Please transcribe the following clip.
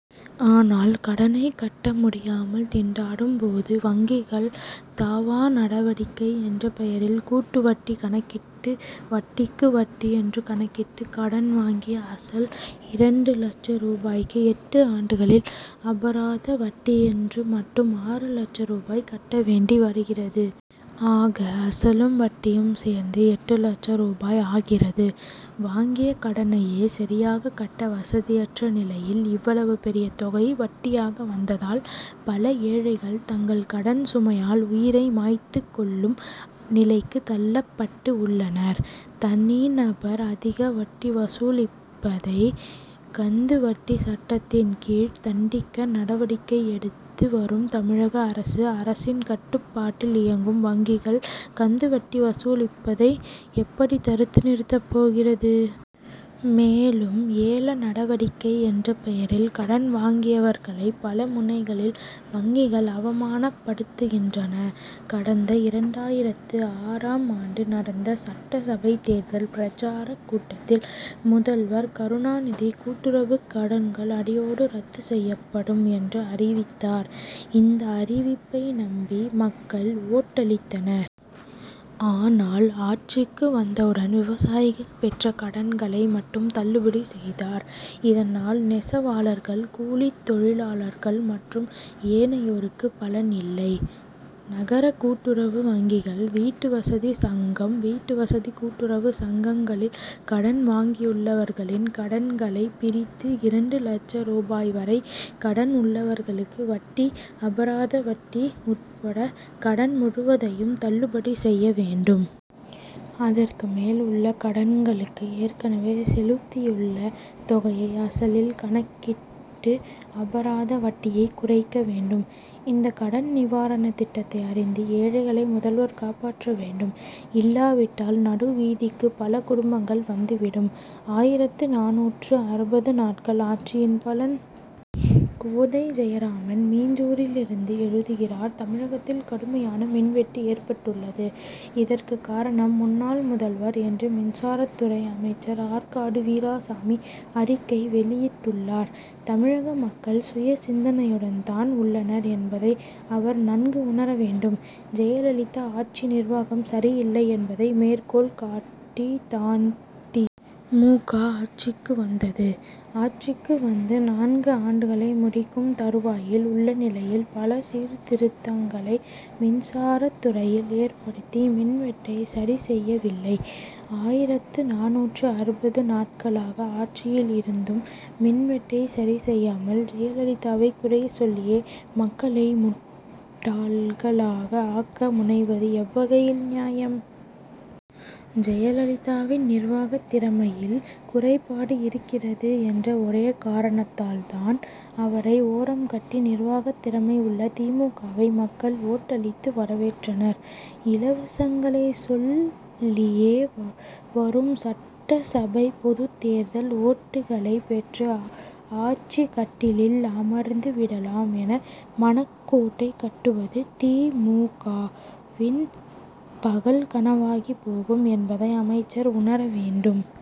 ஆனால் கடனை கட்ட முடியாமல் திண்டாடும் போது வங்கிகள் தாவா நடவடிக்கை என்ற பெயரில் கூட்டு வட்டி கணக்கிட்டு வட்டிக்கு வட்டி என்று கணக்கிட்டு கடன் வாங்கிய அசல் இரண்டு லட்ச ரூபாய்க்கு எட்டு ஆண்டுகளில் அபராத வட்டி என்று மட்டும் ஆறு லட்ச ரூபாய் கட்ட வேண்டி வருகிறது. ஆக அசலும் வட்டியும் சேர்ந்து எட்டு லட்ச ரூபாய் ஆகிறது. வாங்கிய கடனையே சரியாக கட்ட வசதியற்ற நிலையில் இவ்வளவு பெரிய தொகை வட்டியாக வந்ததால் பல ஏழைகள் தங்கள் கடன் சுமையால் உயிரை மாய்த்து கொள்ளும் நிலைக்கு தள்ளப்பட்டு உள்ளனர். தனி நபர் அதிக வட்டி வசூலிப்பதை கந்து வட்டி சட்டத்தின் கீழ் தண்டிக்க நடவடிக்கை எடுத்து வரும் தமிழக அரசு அரசின் கட்டுப்பாட்டில் இயங்கும் வங்கிகள் கந்து வட்டி வசூலிப்பதை எப்படி தடுத்து நிறுத்த போகிறது? மேலும் ஏல நடவடிக்கை என்ற பெயரில் கடன் வாங்கியவர்களை பல முனைகளில் வங்கிகள் அவமானப்படுத்துகின்றன. கடந்த இரண்டாயிரத்து ஆறாம் ஆண்டு நடந்த சட்டசபை தேர்தல் பிரசாரக் கூட்டத்தில் முதல்வர் கருணாநிதி கூட்டுறவுக் கடன்கள் அடியோடு ரத்து செய்யப்படும் என்று அறிவித்தார். இந்த அறிவிப்பை நம்பி மக்கள் ஓட்டளித்தனர். ஆனால் ஆட்சிக்கு வந்தவுடன் விவசாயிகள் பெற்ற கடன்களை மட்டும் தள்ளுபடி செய்தார். இதனால் நெசவாளர்கள் கூலித் தொழிலாளர்கள் மற்றும் ஏனையோருக்கு பலன் இல்லை. நகர கூட்டுறவு வங்கிகள் வீட்டுவசதி சங்கம் வீட்டுவசதி கூட்டுறவு சங்கங்களில் கடன் வாங்கியுள்ளவர்களின் கடன் களை பிரித்து இரண்டு லட்ச ரூபாய் வரை கடன் உள்ளவர்களுக்கு வட்டி அபராத வட்டி உட்பட கடன் முழுவதையும் தள்ளுபடி செய்ய வேண்டும். அதற்கு மேல் உள்ள கடன் களுக்கு ஏற்கனவே செலுத்தியுள்ள தொகையை அசலில் கணக்கிட்டு அபராத வட்டியை குறைக்க வேண்டும். இந்த கடன் நிவாரண திட்டத்தை அறிந்து ஏழைகளை முதல்வர் காப்பாற்ற வேண்டும். இல்லாவிட்டால் நடுவீதிக்கு பல குடும்பங்கள் வந்து விடும். ஆயிரத்து நானூற்று அறுபது நாட்கள் ஆட்சியின் பலன்? கோதை ஜெயராமன் மீஞ்சூரிலிருந்து எழுதுகிறார் தமிழகத்தில் கடுமையான மின்வெட்டு ஏற்பட்டுள்ளது. இதற்கு காரணம் முன்னாள் முதல்வர் என்று மின்சாரத்துறை அமைச்சர் ஆற்காடு வீராசாமி அறிக்கை வெளியிட்டுள் ளார். தமிழக மக்கள் சுய சிந்தனையுடன் தான் உள்ளனர் என்பதை அவர் நன்கு உணர வேண்டும். ஜெயலலிதா ஆட்சி நிர்வாகம் சரியில்லை என்பதை மேற்கோள் காட்டி தான் தி. மு. க. ஆட்சிக்கு வந்தது. ஆட்சிக்கு வந்து நான்கு ஆண்டுகளை முடிக்கும் தருவாயில் உள்ள நிலையில் பல சீர்திருத்தங்களை மின்சாரத்துறையில் ஏற்படுத்தி மின் வெட்டை சரி செய்யவில்லை. ஆயிரத்து நானூற்று அறுபது நாட்களாக ஆட்சியில் இருந்தும் மின்வெட்டை சரி செய்யாமல் ஜெயலலிதாவை குறை சொல்லியே மக்களை முட் டாள்களாக ஆக்க முனைவது எவ்வகையில் நியாயம்? ஜெயலலிதாவின் நிர்வாகத் திறமையில் குறைபாடு இருக்கிறது என்ற ஒரே காரணத்தால் தான் அவரை ஓரம் கட்டி நிர்வாகத் திறமை உள்ள தி. மு. க.வை மக்கள் ஓட்டளித்து வரவேற்றனர். இலவசங்களை சொல் லியே வரும் சட்டசபை பொதுத்தேர்தல் ஓட்டுகளை பெற்று ஆட்சி கட்டிலில் அமர்ந்து விடலாம் என மனக்கோட்டை கட்டுவது தி. மு. க.வின் பகல் கனவாகி போகும் என்பதை அமைச்சர் உணர வேண்டும்.